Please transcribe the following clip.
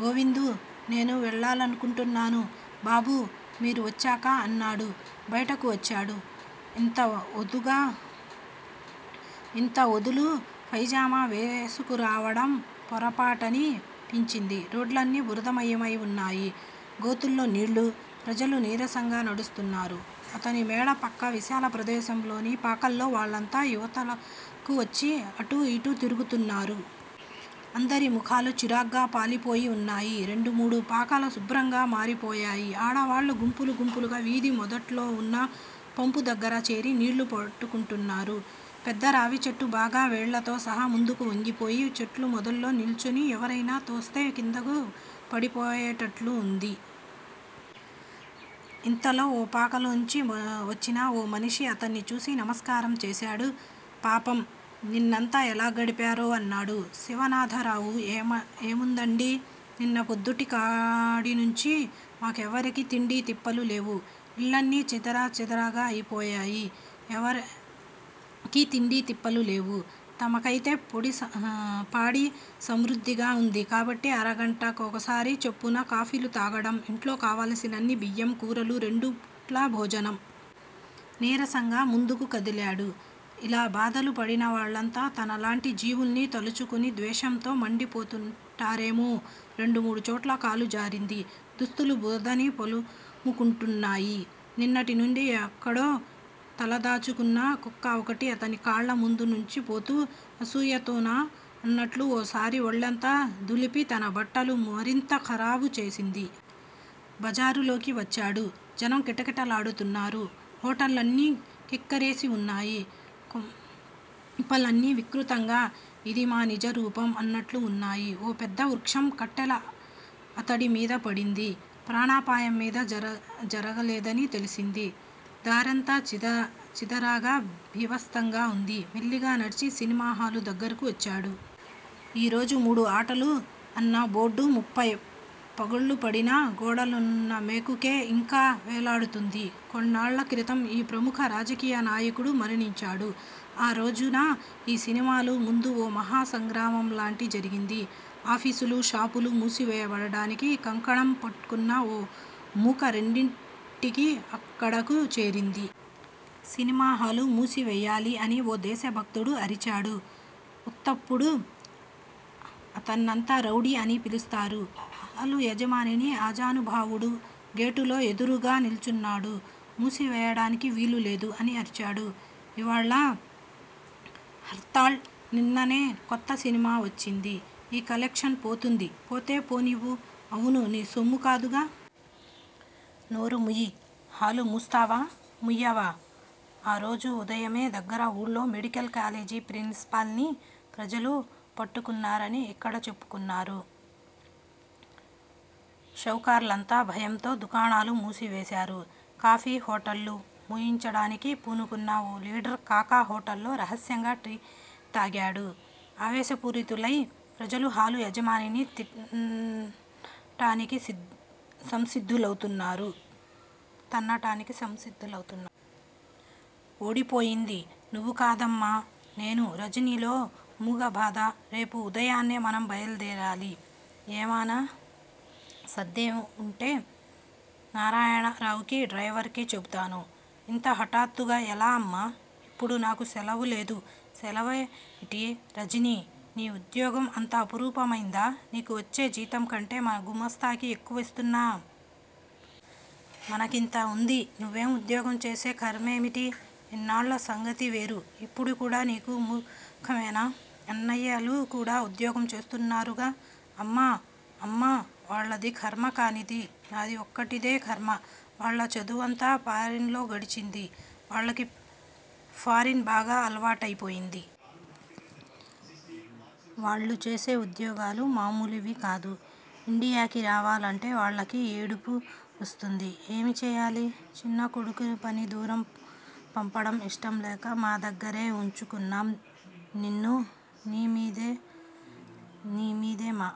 గోవిందు నేనూ వెళ్ళాలనుకుంటున్నాను బాబూ- మీరు వచ్చాక అన్నాడు. బయటకు వచ్చాడు. ఇంత ఒదులు పైజామా వేసుకురావటం పొరపాటని పించింది. రోడ్లన్నీ బురదమయమై వున్నాయి. గోతులలో నీళ్ళు, ప్రజలు నీరసంగా నడుస్తున్నారు. అతని మేడ ప్రక్క విశాల ప్రదేశంలోని పాకల్లో వాళ్ళంతా యివతలకు వచ్చి అటూ యిటూ తిరుగుతున్నారు. అందరి ముఖాలు చిరాగ్గా పాలిపోయి వున్నాయి. రెండు మూడు పాకలు శుభ్రంగా మారిపోయాయి. ఆడవాళ్ళు గుంపులు గుంపులుగా వీధి మొదట్లోవున్న పంపు దగ్గర చేరి నీళ్ళు పట్టుకుంటున్నారు. పెద్ద రావిచెట్టు బాగా, వ్రేళ్ళతో సహా ముందుకు వంగిపోయి, చెట్టు మొదట్లో నిల్చుని, ఎవరైనా తోస్తే క్రింద పడిపోయేటట్లుగా వుంది. ఇంతలో ఓ పాకలోంచి వచ్చిన ఓ మనిషి అతన్ని చూసి నమస్కారం చేశాడు. పాపం! నిన్నంతా ఎలా గడిపారో! అన్నాడు శివనాథరావు. ఏముందండీ? నిన్న పొద్దుటి కాడినుంచీ మాకెవరికీ తిండీ తిప్పలూ లేవు. ఇళ్ళన్నీ చీదర చీదరగా అయిపోయాయి. ఎవరికీ తిండీతిప్పలు లేవు. తమకైతే పాడి సమృద్దిగా వుంది కాబట్టి అరగంటకోసారి చొప్పున కాఫీలు త్రాగటం, ఇంట్లో కావలసినన్ని బియ్యం, కూరలు రెండు పూట్లా భోజనం. నీరసంగా ముందుకు కదిలాడు. ఇలా బాధలు పడినవాళ్ళంతా తనలాంటి జీవుల్ని తలుచుకుని ద్వేషంతో మండి పోతుంటారేమో! రెండు మూడు చోట్ల కాలు జారింది. దుస్తులు బురదని పులుముకుంటున్నాయి. నిన్నటి నుంచీ ఎక్కడో తలదాచుకున్న కుక్క ఒకటి అతని కాళ్ళ ముందు నుంచి పోతూ, అసూయతోనా అన్నట్లు ఓసారి ఒళ్ళంతా దులిపి తన బట్టలు మరింత ఖరాబు చేసింది. బజారులోకి వచ్చాడు. జనం కిటకిటలాడుతున్నారు. హోటళ్ళన్నీ క్రిక్కిరిసి వున్నాయి. కొంపలన్నీ వికృతంగా, ఇది మా నిజరూపం అన్నట్లుగా వున్నాయి. ఓ పెద్ద వృక్షం కట్టెల అతడి మీద పడింది. ప్రాణాపాయం ఏమీ జరగలేదని తెలిసింది. దారంతా చీదరగా, భీబత్సంగా వుంది. మెల్లిగా నడిచి సినిమాహాలు దగ్గరకు వచ్చాడు. ఈ రోజు మూడు ఆటలు అన్న బోర్డు ముఫ్ఫై పగుళ్ళు పడినా, గోడనున్న మేకుకే యింకా వ్రేలాడుతోంది. కొన్నాళ్ళ క్రితం ఓ ప్రముఖ రాజకీయ నాయకుడు మరణించాడు. ఆ రోజుణ యీ సినిమాహాలు ముందు ఓ మహా సంగ్రామంలాంటిది జరిగింది. ఆఫీసులూ, షాపులూ మూసివేయించటానికి కంకణం కట్టుకున్న ఓ మూక రెండింటికీ అక్కడకు చేరింది. సినిమాహాలు మూసివెయ్యాలి అని ఓ దేశభక్తుడు అరిచాడు. ఉత్తప్పుడు అతన్నంతా రౌడీ అని పిలుస్తారు. హాలు యజమాని ఆజానుబాహుడు. గేటులో ఎదురుగా నిల్చున్నాడు. మూసివేయడానికి వీలులేదు అని అరిచాడు. ఇవాళ హర్తాళ్. నిన్ననే కొత్త సినిమా వచ్చింది. మా కలెక్షన్ పోతుంది. పోతే పోనియ్యి. అవును నీ సొమ్ము కాదుగా. నోరు ముయ్యి హాలు మూస్తావా, ముయ్యవా? ఆరోజు ఉదయమే దగ్గర ఊళ్ళో మెడికల్ కాలేజి ప్రిన్సిపాల్ ని ప్రజలు పట్టుకున్నారని యిక్కడ చెప్పుకున్నారు. షావుకార్లంతా భయంతో దుకాణాలు మూసివేశారు. కాఫీ హోటళ్ళు మూయించడానికి పూనుకున్న ఓ లీడరు కాకా హోటల్లో రహస్యంగా టీ త్రాగాడు. ఆవేశపూరితులైన ప్రజలు హాలు యజమానిని తన్నటానికి సంసిద్దులౌతున్నారు. ఓడిపోయింది నువ్వు కాదమ్మా! నేను. రజనీలో మూగ బాధ. రేపు వుదయమే మనం బయల్దేరాలి! ఏమానా సర్దేవివుంటే నారాయణరావుకీ, డ్రైవరుకీ చెబుతాను. ఇంత హఠాత్తుగా ఎలా, అమ్మా? ఇప్పుడు నాకు సెలవులేదు. సెలవేమిటి, రజనీ? నీ ఉద్యోగం అంత అపురూపమైందా? నీకు వచ్చే జీతంకంటే మన గుమాస్తాకి ఎక్కువిస్తున్నాం. మనకింత వుండి నువ్వు ఉద్యోగం చేసే ఖర్మేమిటి? ఇన్నాళ్ళ సంగతి వేరు! ఇప్పుడు కూడా నీకా మూర్ఖమేనా? అన్నయ్యలు కూడా ఉద్యోగం చేస్తున్నారుగా, అమ్మా? అమ్మా? వాళ్లది ఖర్మ కానిది నా ఒక్కడిదే ఖర్మా? వాళ్ల చదువంతా ఫారిన్ లో గడిచింది. వాళ్లకి ఫారిన్ బాగా అలవాటైపోయింది. వాళ్లు చేసే ఉద్యోగాలు మామూలివి కాదు! ఇండియాకి రావాలంటే వాళ్లకి ఏడుపు వస్తుంది. ఏం చేయాలి? చిన్న కొడుకువని దూరం పంపడం ఇష్టంలేక మా దగ్గరే వుంచుకొన్నాం నిన్ను. నీ మీదే మా